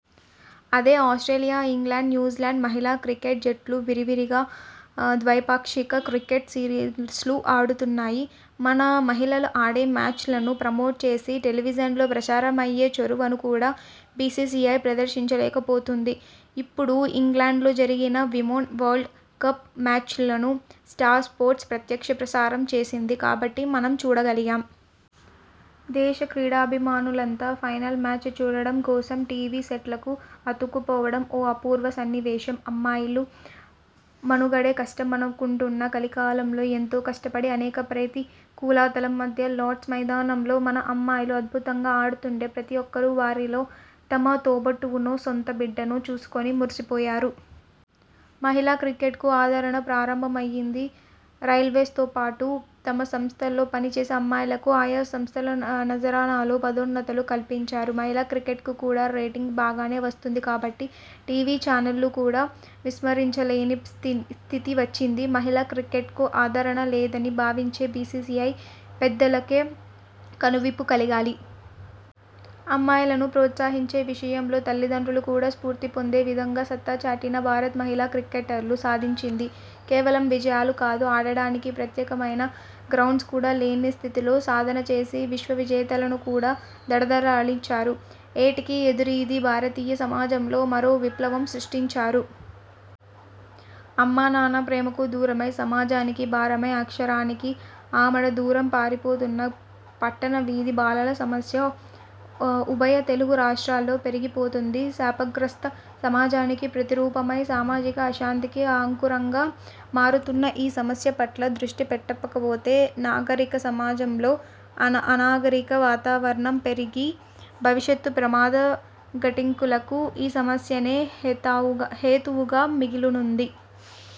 అదే Australia, England, New Zealand మహిళా cricket జట్లు విరివిగా ద్వైపాక్షిక క్రికెట్ సిరీస్లు ఆడుతున్నాయి. మన మహిళలు ఆడే మ్యాచ్ లను ప్రమోట్ చేసి, టెలివిజన్లో ప్రసారం అయ్యే చొరవను కూడా బిసిసిఐ ప్రదర్శించలేకపోతున్నది. ఇప్పుడు ఇంగ్లండ్ లో జరిగిన విమెన్ వరల్డ్ కప్ మ్యాచ్లను స్టార్ స్పోర్ట్స్ ప్రత్యక్ష ప్రసారం చేసింది కాబట్టి, మనం చూడగలిగాం. దేశ క్రీడాభిమానులంతా ఫైనల్ మ్యాచ్ చూడడం కోసం టివి సెట్లకు అతుక్కుపోవడం ఓ అపూర్వ సన్నివేశం. అమ్మాయిల మనుగడే కష్టమనుకుంటున్న కలికాలంలో ఎంతో కష్టపడి, అనేక ప్రతికూలతల మధ్య లార్డ్స్ మైదానంలో మన అమ్మాయిలు అద్భుతంగా ఆడుతుంటే, ప్రతీ ఒక్కరు వారిలో తమ తోబుట్టువునో, సొంత బిడ్డనో చూసుకుని మురిసిపోయారు. మహిళా క్రికెట్కు ఆదరణ ప్రారంభమయింది. రైల్వేస్తో పాటు తమ సంస్థల్లో పనిచేసే అమ్మాయిలకు ఆయా సంస్థలు నజరానాలు, పదోన్నతులు కల్పించారు. మహిళా క్రికెట్కు కూడా రేటింగ్ బాగానే వస్తుంది కాబట్టి టివి ఛానళ్లు కూడా విస్మరించలేని స్థితి వచ్చింది. మహిళా క్రికెట్కు ఆదరణ లేదని భావించే బిసిసిఐ పెద్దలకే కనువిప్పు కలగాలి. అమ్మాయిలను ప్రోత్సహించే విషయంలో తల్లిదండ్రులు కూడా స్ఫూర్తి పొందే విధంగా సత్తా చాటిన భారత మహిళా క్రికెటర్లు సాధించింది కేవలం విజయాలు కాదు. ఆడడానికి ప్రత్యేకమైన గ్రౌండ్స్ కూడా లేని స్థితిలో సాధన చేసి, విశ్వ విజేతలను కూడా దడదడలాడించారు. ఏటికి ఎదురీది భారతీయ సమాజంలో మారో విప్లవం సృష్టించారు. అమ్మా, నాన్న ప్రేమకు దూరమై, సమాజానికి భారమై, అక్షరానికి ఆమడ దూరం పారిపోతున్న పట్టణ వీధి బాలల సమస్య ఉభయ తెలుగు రాష్ట్రాల్లో పెరిగిపోతుంది. శాపగ్రస్త సమాజానికి ప్రతిరూపమై, సామాజిక అశాంతికి అంకురంగా మారుతున్న ఈ సమస్య పట్ల దృష్టి పెట్టకపోతే నాగరిక సమాజంలో అనాగరిక వాతావరణం పెరిగి భవిష్యత్ ప్రమాద ఘంటికలకు ఈ సమస్యనే హేతువుగా మిగలనుంది.